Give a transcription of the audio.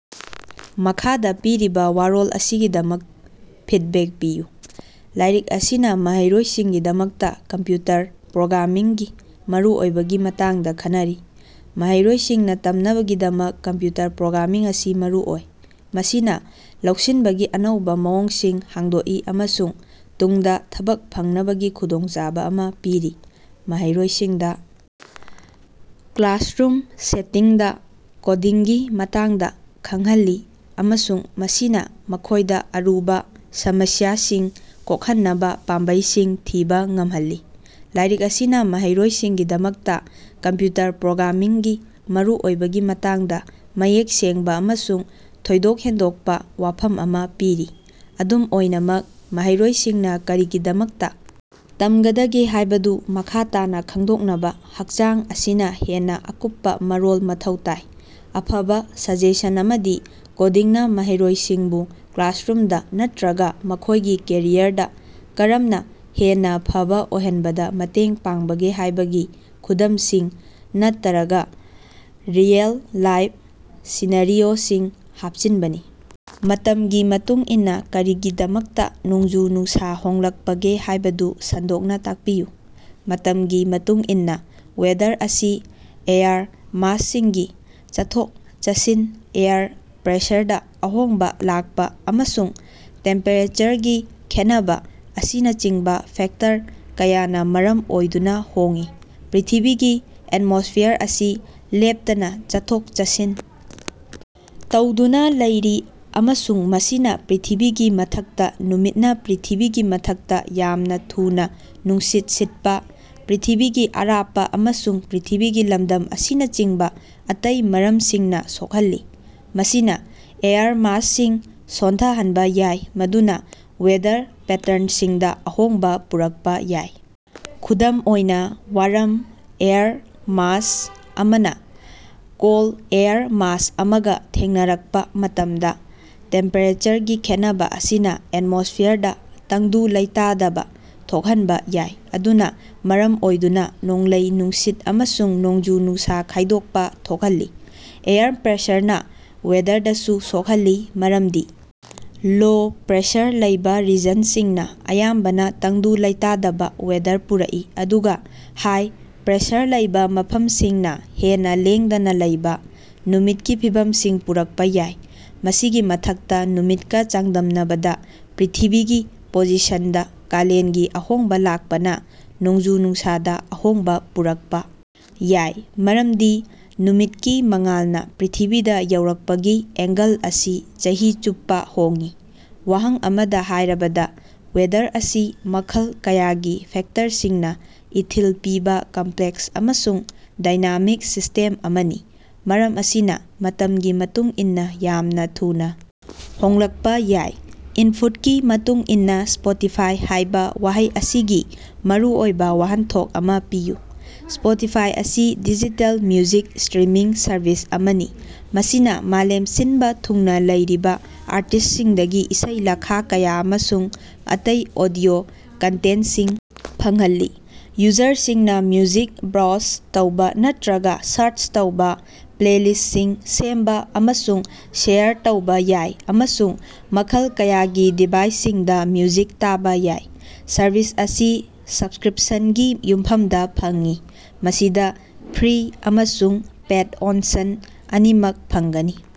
ꯃꯈꯥꯗꯥ ꯄꯤꯔꯤꯕ ꯋꯥꯔꯣꯜ ꯑꯁꯤꯒꯤꯗꯃꯛ ꯐꯤꯗꯕꯦꯛ ꯄꯤꯌꯨ꯫ ꯂꯥꯏꯔꯤꯛ ꯑꯁꯤꯅ ꯃꯍꯩꯔꯣꯏꯁꯤꯡꯒꯤꯗꯃꯛꯇ ꯀꯝꯄ꯭ꯌꯨꯇꯔ ꯄ꯭ꯔꯣꯒ꯭ꯔꯥꯃꯤꯡꯒꯤ ꯃꯔꯨꯑꯣꯏꯕꯒꯤ ꯃꯇꯥꯡꯗ ꯈꯟꯅꯔꯤ꯫ ꯃꯍꯩꯔꯣꯏꯁꯤꯡꯅ ꯇꯝꯅꯕꯒꯤꯗꯃꯛ ꯀꯝꯄ꯭ꯌꯨꯇꯔ ꯄ꯭ꯔꯣꯒ꯭ꯔꯥꯃꯤꯡ ꯑꯁꯤ ꯃꯔꯨꯑꯣꯏ꯫ ꯃꯁꯤꯅ ꯂꯧꯁꯤꯟꯕꯒꯤ ꯑꯅꯧꯕ ꯃꯑꯣꯡꯁꯤꯡ ꯍꯥꯡꯗꯣꯛꯏ ꯑꯃꯁꯨꯡ ꯇꯨꯡꯗ ꯊꯕꯛ ꯐꯪꯅꯕꯒꯤ ꯈꯨꯗꯣꯡꯆꯥꯕ ꯑꯃ ꯄꯤꯔꯤ꯫ ꯃꯍꯩꯔꯣꯏꯁꯤꯡꯗ ꯀ꯭ꯂꯥꯁꯔꯨꯝ ꯁꯦꯇꯤꯡꯗ ꯀꯣꯗꯤꯡꯒꯤ ꯃꯇꯥꯡꯗ ꯈꯡꯍꯜꯂꯤ ꯑꯃꯁꯨꯡ ꯃꯁꯤꯅ ꯃꯈꯣꯏꯗ ꯑꯔꯨꯕ ꯁꯃꯁ꯭ꯌꯥꯁꯤꯡ ꯀꯣꯛꯍꯟꯅꯕ ꯄꯥꯝꯕꯩꯁꯤꯡ ꯊꯤꯕ ꯉꯝꯍꯜꯂꯤ꯫ ꯂꯥꯏꯔꯤꯛ ꯑꯁꯤꯅ ꯃꯍꯩꯔꯣꯏꯁꯤꯡꯒꯤꯗꯃꯛꯇ ꯀꯝꯄ꯭ꯌꯨꯇꯔ ꯄ꯭ꯔꯣꯒ꯭ꯔꯥꯃꯤꯡꯒꯤ ꯃꯔꯨꯑꯣꯏꯕꯒꯤ ꯃꯇꯥꯡꯗ ꯃꯌꯦꯛ ꯁꯦꯡꯕ ꯑꯃꯁꯨꯡ ꯊꯣꯏꯗꯣꯛ ꯍꯦꯟꯗꯣꯛꯄ ꯋꯥꯐꯝ ꯑꯃ ꯄꯤꯔꯤ꯫ ꯑꯗꯨꯝ ꯑꯣꯏꯅꯃꯛ, ꯃꯍꯩꯔꯣꯏꯁꯤꯡꯅ ꯀꯔꯤꯒꯤꯗꯃꯛꯇ ꯇꯝꯒꯗꯒꯦ ꯍꯥꯏꯕꯗꯨ ꯃꯈꯥ ꯇꯥꯅ ꯈꯡꯗꯣꯛꯅꯕ ꯍꯛꯆꯥꯡ ꯑꯁꯤꯅ ꯍꯦꯟꯅ ꯑꯀꯨꯞꯄ ꯃꯔꯣꯜ ꯃꯊꯧ ꯇꯥꯏ꯫ ꯑꯐꯕ ꯁꯖꯦꯁꯟ ꯑꯃꯗꯤ ꯀꯣꯗꯤꯡꯅ ꯃꯍꯩꯔꯣꯏꯁꯤꯡꯕꯨ ꯀ꯭ꯂꯥꯁꯔꯨꯝꯗ ꯅꯠꯇꯔꯒ ꯃꯈꯣꯏꯒꯤ ꯀꯦꯔꯤꯌꯔꯗ ꯀꯔꯝꯅ ꯍꯦꯟꯅ ꯐꯕꯥ ꯑꯣꯏꯍꯟꯕꯗ ꯃꯇꯦꯡ ꯄꯥꯡꯕꯒꯦ ꯍꯥꯏꯕꯒꯤ ꯈꯨꯗꯝꯁꯤꯡ ꯅꯠꯇꯔꯒ ꯔꯤꯑꯦꯜ-ꯂꯥꯏꯐ ꯁꯤꯅꯥꯔꯤꯑꯣꯁꯤꯡ ꯍꯥꯞꯆꯤꯟꯕꯅꯤ꯫ ꯃꯇꯝꯒꯤ ꯃꯇꯨꯡꯏꯟꯅ ꯀꯔꯤꯒꯤꯗꯃꯛꯇ ꯅꯣꯡꯖꯨ-ꯅꯨꯡꯁꯥ ꯍꯣꯡꯂꯛꯄꯒꯦ ꯍꯥꯏꯕꯗꯨ ꯁꯟꯗꯣꯛꯅ ꯇꯥꯛꯄꯤꯌꯨ꯫ ꯃꯇꯝꯒꯤ ꯃꯇꯨꯡꯏꯟꯅ ꯋꯦꯗꯔ ꯑꯁꯤ ꯑꯦꯌꯔ ꯃꯥꯁꯁꯤꯡꯒꯤ ꯆꯠꯊꯣꯛ-ꯆꯠꯁꯤꯟ, ꯑꯦꯌꯔ ꯄ꯭ꯔꯦꯁꯔꯗ ꯑꯍꯣꯡꯕ ꯂꯥꯛꯄ, ꯑꯃꯁꯨꯡ ꯇꯦꯝꯄꯦꯔꯦꯆꯔꯒꯤ ꯈꯦꯠꯅꯕ ꯑꯁꯤꯅꯆꯤꯡꯕ ꯐꯦꯛꯇꯔ ꯀꯌꯥꯅ ꯃꯔꯝ ꯑꯣꯏꯗꯨꯅ ꯍꯣꯡꯏ꯫ ꯄ꯭ꯔꯤꯊꯤꯕꯤꯒꯤ ꯑꯦꯠꯃꯣꯁꯐꯤꯌꯔ ꯑꯁꯤ ꯂꯦꯞꯇꯅ ꯆꯠꯊꯣꯛ-ꯆꯠꯁꯤꯟ ꯇꯧꯗꯨꯅ ꯂꯩꯔꯤ ꯑꯃꯁꯨꯡ ꯃꯁꯤꯅ ꯄ꯭ꯔꯤꯊꯤꯕꯤꯒꯤ ꯃꯊꯛꯇ ꯅꯨꯃꯤꯠꯅ ꯄ꯭ꯔꯤꯊꯤꯕꯤꯒꯤ ꯃꯊꯛꯇ ꯌꯥꯝꯅ ꯊꯨꯅꯥ ꯅꯨꯡꯁꯤꯠ ꯁꯤꯠꯄ, ꯄ꯭ꯔꯤꯊꯤꯕꯤꯒꯤ ꯑꯔꯥꯞꯄ ꯑꯃꯁꯨꯡ ꯄ꯭ꯔꯤꯊꯤꯕꯤꯒꯤ ꯂꯝꯗꯝ ꯑꯁꯤꯅꯆꯤꯡꯕ ꯑꯇꯩ ꯃꯔꯝꯁꯤꯡꯅ ꯁꯣꯛꯍꯜꯂꯤ꯫ ꯃꯁꯤꯅ ꯑꯦꯌꯔ ꯃꯥꯁꯁꯤꯡ ꯁꯣꯟꯊꯍꯟꯕ ꯌꯥꯏ, ꯃꯗꯨꯅ ꯋꯦꯗꯔ ꯄꯦꯇ꯭ꯔꯟꯁꯤꯡꯗ ꯑꯍꯣꯡꯕ ꯄꯨꯔꯛꯄ ꯌꯥꯏ꯫ ꯈꯨꯗꯝ ꯑꯣꯏꯅ, ꯋꯥꯔꯝ ꯑꯦꯌꯔ ꯃꯥꯁ ꯑꯃꯅ ꯀꯣꯜꯗ ꯑꯦꯌꯔ ꯃꯥꯁ ꯑꯃꯒ ꯊꯦꯡꯅꯔꯛꯄ ꯃꯇꯝꯗ, ꯇꯦꯝꯄꯦꯔꯦꯆꯔꯒꯤ ꯈꯦꯠꯅꯕ ꯑꯁꯤꯅ ꯑꯦꯠꯃꯣꯁꯐꯤꯌꯔꯗ ꯇꯪꯗꯨ ꯂꯩꯇꯥꯗꯕ ꯊꯣꯛꯍꯟꯕ ꯌꯥꯏ, ꯑꯗꯨꯅ ꯃꯔꯝ ꯑꯣꯏꯗꯨꯅ ꯅꯣꯡꯂꯩ-ꯅꯨꯡꯁꯤꯠ ꯑꯃꯁꯨꯡ ꯅꯣꯡꯖꯨ-ꯅꯨꯡꯁꯥ ꯈꯥꯏꯗꯣꯛꯄ ꯊꯣꯛꯍꯜꯂꯤ꯫ ꯑꯦꯌꯔ ꯄ꯭ꯔꯦꯁꯔꯅ ꯋꯦꯗꯔꯗꯁꯨ ꯁꯣꯛꯍꯜꯂꯤ, ꯃꯔꯝꯗꯤ ꯂꯣ ꯄ꯭ꯔꯦꯁꯔ ꯂꯩꯕ ꯔꯤꯖꯟꯁꯤꯡꯅ ꯑꯌꯥꯝꯕꯅ ꯇꯪꯗꯨ ꯂꯩꯇꯥꯗꯕ ꯋꯦꯗꯔ ꯄꯨꯔꯛꯏ, ꯑꯗꯨꯒ ꯍꯥꯏ ꯄ꯭ꯔꯦꯁꯔ ꯂꯩꯕ ꯃꯐꯝꯁꯤꯡꯅ ꯍꯦꯟꯅ ꯂꯦꯡꯗꯅ ꯂꯩꯕ, ꯅꯨꯃꯤꯠꯀꯤ ꯐꯤꯚꯝꯁꯤꯡ ꯄꯨꯔꯛꯄ ꯌꯥꯏ꯫ ꯃꯁꯤꯒꯤ ꯃꯊꯛꯇ, ꯅꯨꯃꯤꯠꯀ ꯆꯥꯡꯗꯝꯅꯕꯗ ꯄ꯭ꯔꯤꯊꯤꯕꯤꯒꯤ ꯄꯣꯖꯤꯁꯟꯗ ꯀꯥꯂꯦꯟꯒꯤ ꯑꯍꯣꯡꯕ ꯂꯥꯛꯄꯅ ꯅꯣꯡꯖꯨ-ꯅꯨꯡꯁꯥꯗ ꯑꯍꯣꯡꯕ ꯄꯨꯔꯛꯄ ꯌꯥꯏ, ꯃꯔꯝꯗꯤ ꯅꯨꯃꯤꯠꯀꯤ ꯃꯉꯥꯜꯅ ꯄ꯭ꯔꯤꯊꯤꯕꯤꯗ ꯌꯧꯔꯛꯄꯒꯤ ꯑꯦꯡꯒꯜ ꯑꯁꯤ ꯆꯍꯤ ꯆꯨꯞꯄꯥ ꯍꯣꯡꯏ꯫ ꯋꯥꯍꯪ ꯑꯃꯗ ꯍꯥꯏꯔꯕꯗ, ꯋꯦꯗꯔ ꯑꯁꯤ ꯃꯈꯜ ꯀꯌꯥꯒꯤ ꯐꯦꯛꯇꯔꯁꯤꯡꯅ ꯏꯊꯤꯜ ꯄꯤꯕ ꯀꯝꯄ꯭ꯂꯦꯛꯁ ꯑꯃꯁꯨꯡ ꯗꯥꯏꯅꯥꯃꯤꯛ ꯁꯤꯁ꯭ꯇꯦꯝ ꯑꯃꯅꯤ, ꯃꯔꯝ ꯑꯁꯤꯅ ꯃꯇꯝꯒꯤ ꯃꯇꯨꯡ ꯏꯟꯅ ꯌꯥꯝꯅ ꯊꯨꯅ ꯍꯣꯡꯂꯛꯄ ꯌꯥꯏ꯫ ꯏꯟꯄꯨꯠꯀꯤ ꯃꯇꯨꯡ ꯏꯟꯅ, ꯁ꯭ꯄꯣꯇꯤꯐꯥꯏ‌ ꯍꯥꯏꯕ ꯋꯥꯍꯩ ꯑꯁꯤꯒꯤ ꯃꯔꯨꯑꯣꯏꯕ ꯋꯥꯍꯟꯊꯣꯛ ꯑꯃ ꯄꯤꯌꯨ꯫ ꯁ꯭ꯄꯣꯇꯤꯐꯥꯏ ꯑꯁꯤ ꯗꯤꯖꯤꯇꯦꯜ ꯃ꯭ꯌꯨꯖꯤꯛ ꯁ꯭ꯇꯔꯤꯃꯤꯡ ꯁꯔꯚꯤꯁ ꯑꯃꯅꯤ, ꯃꯁꯤꯅ ꯃꯥꯂꯦꯝ ꯁꯤꯟꯕ ꯊꯨꯡꯅ ꯂꯩꯔꯤꯕ ꯑꯥꯔꯇꯤꯁ꯭ꯇꯁꯤꯡꯗꯒꯤ ꯏꯁꯩ ꯂꯥꯈ ꯀꯌꯥ ꯑꯃꯁꯨꯡ ꯑꯇꯩ ꯑꯣꯗꯤꯑꯣ ꯀꯟꯇꯦꯟꯇꯁꯤꯡ ꯐꯪꯍꯜꯂꯤ꯫ ꯌꯨꯖꯔꯁꯤꯡꯅ ꯃ꯭ꯌꯨꯖꯤꯛ ꯕ꯭ꯔꯣꯎꯖ ꯇꯧꯕ ꯅꯠꯇꯔꯒ ꯁꯥ꯭ꯔꯆ ꯇꯧꯕ, ꯄ꯭ꯂꯦꯂꯤꯁ꯭ꯇꯁꯤꯡ ꯁꯦꯝꯕꯥ ꯑꯃꯁꯨꯡ ꯁꯦꯌꯔ ꯇꯧꯕ ꯌꯥꯏ, ꯑꯃꯁꯨꯡ ꯃꯈꯜ ꯀꯌꯥꯒꯤ ꯗꯤꯚꯥꯏꯁꯁꯤꯡꯗ ꯃ꯭ꯌꯨꯖꯤꯛ ꯇꯥꯕ ꯌꯥꯏ꯫ ꯁꯔꯚꯤꯁ ꯑꯁꯤ ꯁꯕꯁ꯭ꯀꯔꯤꯞꯁꯟꯒꯤ ꯌꯨꯝꯐꯝꯗ ꯐꯪꯏ, ꯃꯁꯤꯗ ꯐ꯭ꯔꯤ ꯑꯃꯁꯨꯡ ꯄꯦꯏꯗ ꯑꯣꯟꯁꯟ ꯑꯅꯤꯃꯛ ꯐꯪꯒꯅꯤ꯫